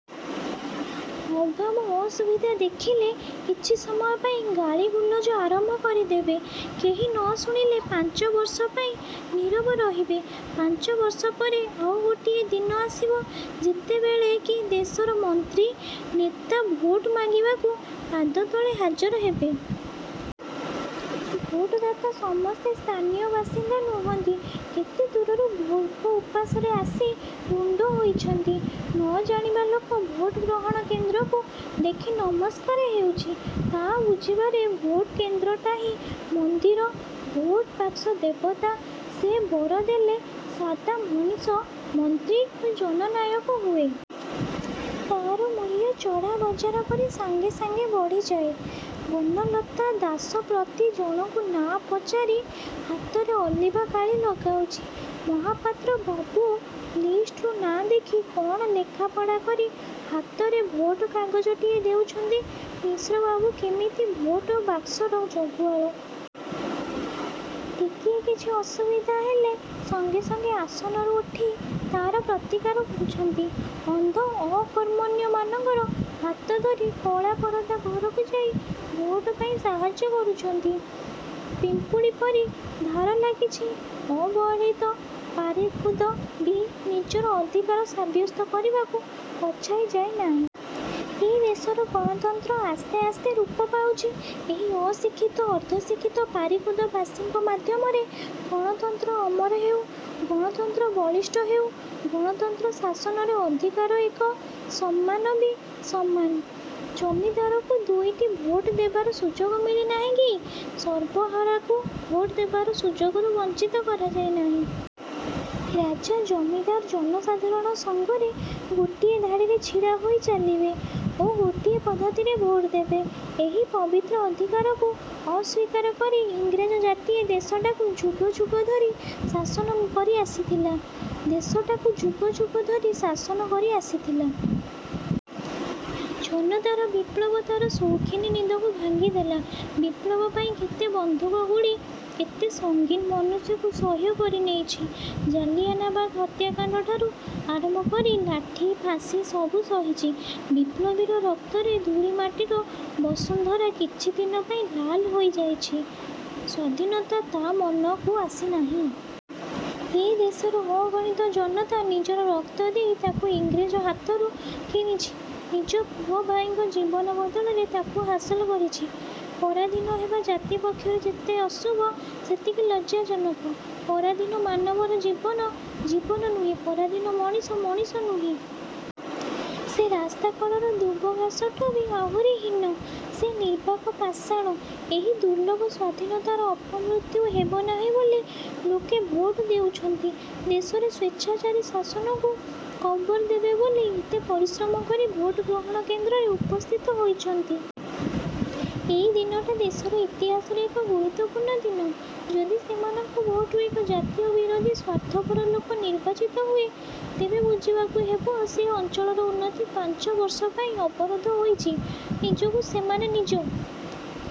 ଅଭାବ ଅସୁବିଧା ଦେଖିଲେ କିଛିସମୟ ପାଇଁ ଗାଳିଗୁଲଜ ଆରମ୍ଭ କରିଦେବେ। କେହି ନ ଶୁଣିଲେ ପାଞ୍ଚ ବର୍ଷପାଇଁ ନୀରବ ରହିବେ। ପାଞ୍ଚ ବର୍ଷ ପରେ ଆଉ ଗୋଟିଏ ଦିନ ଆସିବ, ଯେତେବେଳେ କି ଦେଶର ମନ୍ତ୍ରୀ, ନେତା ଭୋଟ ମାଗିବାକୁ ପାଦ ତଳେ ହାଜର ହେବେ। ଭୋଟଦାତା ସମସ୍ତେ ସ୍ଥାନୀୟ ବାସିନ୍ଦା ନୁହନ୍ତି। କେତେ ଦୂରରୁ ଭୋକ ଉପାସରେ ଆସି ରୁଣ୍ଡ ହୋଇଛନ୍ତି। ନ ଜାଣିବା ଲୋକ ଭୋଟ ଗ୍ରହଣ କେନ୍ଦ୍ରକୁ ଦେଖି ନମସ୍କାର ହେଉଛି। ତା' ବୁଝିବାରେ ଭୋଟ କେନ୍ଦ୍ରଟାହିଁ ମନ୍ଦିର। ଭୋଟ ବାକ୍ସ ଦେବତା। ସେ ବର ଦେଲେ ସାଦା ମଣିଷ ମନ୍ତ୍ରୀ ଓ ଜନନାୟକ ହୁଏ। ତା'ର ମୂଲ୍ୟ ଚଢ଼ା ବଜାର ପରି ସଙ୍ଗେ ସଙ୍ଗେ ବଢ଼ିଯାଏ। ବନଲତା ଦାସ ପ୍ରତି ଜଣକୁ ନାଁ ପଚାରି ହାତରେ ଅଲିଭା କାଳି ଲଗାଉଛି। ମହାପାତ୍ର ବାବୁ ଲିଷ୍ଟରୁ ନାଁ ଦେଖି କଣ ଲେଖା ପଢ଼ା କରି ହାତରେ ଭୋଟ କାଗଜଟିଏ ଦେଉଛନ୍ତି।। ମିଶ୍ରବାବୁ କେମିତି ଭୋଟ ବାକ୍ସର ଜଗୁଆଳ। ଟିକିଏ କିଛି ଅସୁବିଧା ହେଲେ ସଙ୍ଗେ ସଙ୍ଗେ ଆସନରୁ ଉଠି ତା'ର ପ୍ରତିକାର କରୁଛନ୍ତି। ଅନ୍ଧ ଅକର୍ମଣ୍ୟମାନଙ୍କର ହାତଧରି କଳାପରଦା ଘରକୁ ଯାଇ ଭୋଟପାଇଁ ସାହାଯ୍ୟ କରୁଛନ୍ତି। ପିମ୍ପୁଡ଼ିପରି ଧାର ଲାଗିଛି। ଅବହେଳିତ ପାରିକୁଦ ବି ନିଜର ଅଧିକାର ସାବ୍ୟସ୍ତ କରିବାକୁ ପଛାଇ ଯାଇ ନାହିଁ। ଏ ଦେଶର ଗଣତନ୍ତ୍ର ଆସ୍ତେ ଆସ୍ତେ ରୂପ ପାଉଛି, ଏହି ଅଶିକ୍ଷିତ, ଅର୍ଦ୍ଧଶିକ୍ଷିତ ପାରିକୁଦ ବାସୀଙ୍କ ମାଧ୍ୟମରେ। ଗଣତନ୍ତ୍ର ଅମର ହେଉ। ଗଣତନ୍ତ୍ର ବଳିଷ୍ଠ ହେଉ। ଗଣତନ୍ତ୍ର ଶାସନରେ ଅଧିକାର ଏକ, ସମ୍ମାନ ବି ସମାନ। ଜମିଦାରକୁ ଦୁଇଟି ଭୋଟ ଦେବାର ସୁଯୋଗ ମିଳିନାହିଁ କି ସର୍ବହରାକୁ ଭୋଟ ଦେବାର ସୁଯୋଗରୁ ବଞ୍ଚିତ କରାଯାଇ ନାହିଁ। ରାଜା, ଜମିଦାର ଜନସାଧାରଣ ସଙ୍ଗରେ ଗୋଟିଏ ଧାଡ଼ିରେ ଛିଡ଼ାହୋଇ ଚାଲିବେ ଓ ଗୋଟିଏ ପଦ୍ଧତିରେ ଭୋଟ ଦେବେ। ଏହି ପବିତ୍ର ଅଧିକାରକୁ ଅସ୍ୱୀକାର କରି ଇଂରେଜ ଜାତିଏ ଦେଶଟାକୁ ଯୁଗ ଯୁଗ ଧରି ଶାସନ କରି ଆସିଥିଲା। ଦେଶଟାକୁ ଯୁଗ ଯୁଗ ଧରି ଶାସନ କରି ଆସିଥିଲା। ଜନତାର ବିପ୍ଳବ ତା'ର ସୌଖୀନି ନିଦକୁ ଭାଙ୍ଗିଦେଲା। ବିପ୍ଳବପାଇଁ କେତେ ବନ୍ଧୁକ ଗୁଳି, କେତେ ସଙ୍ଗୀନ ମୁନକୁ ସହ୍ୟ କରି ନେଇଛି। ଜାଲିଆନାବାଗ ହତ୍ୟାକାଣ୍ଡଠାରୁ ଆରମ୍ଭ କରି ଲାଠୀ, ଫାଶୀ ସବୁ ସହିଛି। ବିପ୍ଳବୀର ରକ୍ତରେ ଧୂଳିମାଟିର ବସୁନ୍ଧରା କିଛିଦିନପାଇଁ ଲାଲ ହୋଇ ଯାଇଛି। ସ୍ୱାଧୀନତା ତା' ମନକୁ ଆସି ନାହିଁ! ଏ ଦେଶର ଅଗଣିତ ଜନତା ନିଜର ରକ୍ତ ଦେଇ ତାକୁ ଇଂରେଜ ହାତରୁ କିଣିଛି। ନିଜ ପୁଅ, ଭାଇଙ୍କ ଜୀବନ ବଦଳରେ ତାକୁ ହାସଲ କରିଛି। ପରାଧୀନ ହେବା ଜାତି ପକ୍ଷରେ ଯେତେ ଅଶୁଭ ସେତିକି ଲଜ୍ଜାଜନକ। ପରାଧୀନ ମାନବର ଜୀବନ, ଜୀବନ ନୁହେଁ। ପରାଧୀନ ମଣିଷ, ମଣିଷ ନୁହେଁ। ସେ ରାସ୍ତାକଡ଼ର ଦୁବଘାସଠୁ ବି ଆହୁରି ହୀନ। ସେ ନିର୍ବାକ ପାଷାଣ। ଏହି ଦୁର୍ଲଭ ସ୍ୱାଧୀନତାର ଅପମୃତ୍ୟୁ ହେବ ନାହିଁ ବୋଲି ଲୋକେ ଭୋଟ ଦେଉଛନ୍ତି। ଦେଶରେ ସ୍ୱେଚ୍ଛାଚାରୀ ଶାସନକୁ କବର ଦେବେ ବୋଲି ଏତେ ପରିଶ୍ରମ କରି ଭୋଟ ଗ୍ରହଣ କେନ୍ଦ୍ରରେ ଉପସ୍ଥିତ ହୋଇଛନ୍ତି। ଏଇ ଦିନଟା ଦେଶର ଇତିହାସରେ ଏକ ଗୁରୁତ୍ୱପୂର୍ଣ୍ଣ ଦିନ। ଯଦି ସେମାନଙ୍କ ଭୋଟରୁ ଏକ ଜାତୀୟ ବିରୋଧୀ, ସ୍ୱାର୍ଥପର ଲୋକ ନିର୍ବାଚିତ ହୁଏ, ତେବେ ବୁଝିବାକୁ ହେବ ସେ ଅଞ୍ଚଳର ଉନ୍ନତି ପାଞ୍ଚ ବର୍ଷପାଇଁ ଅବରୋଧ ହୋଇଛି। ନିଜକୁ ସେମାନେ ନିଜ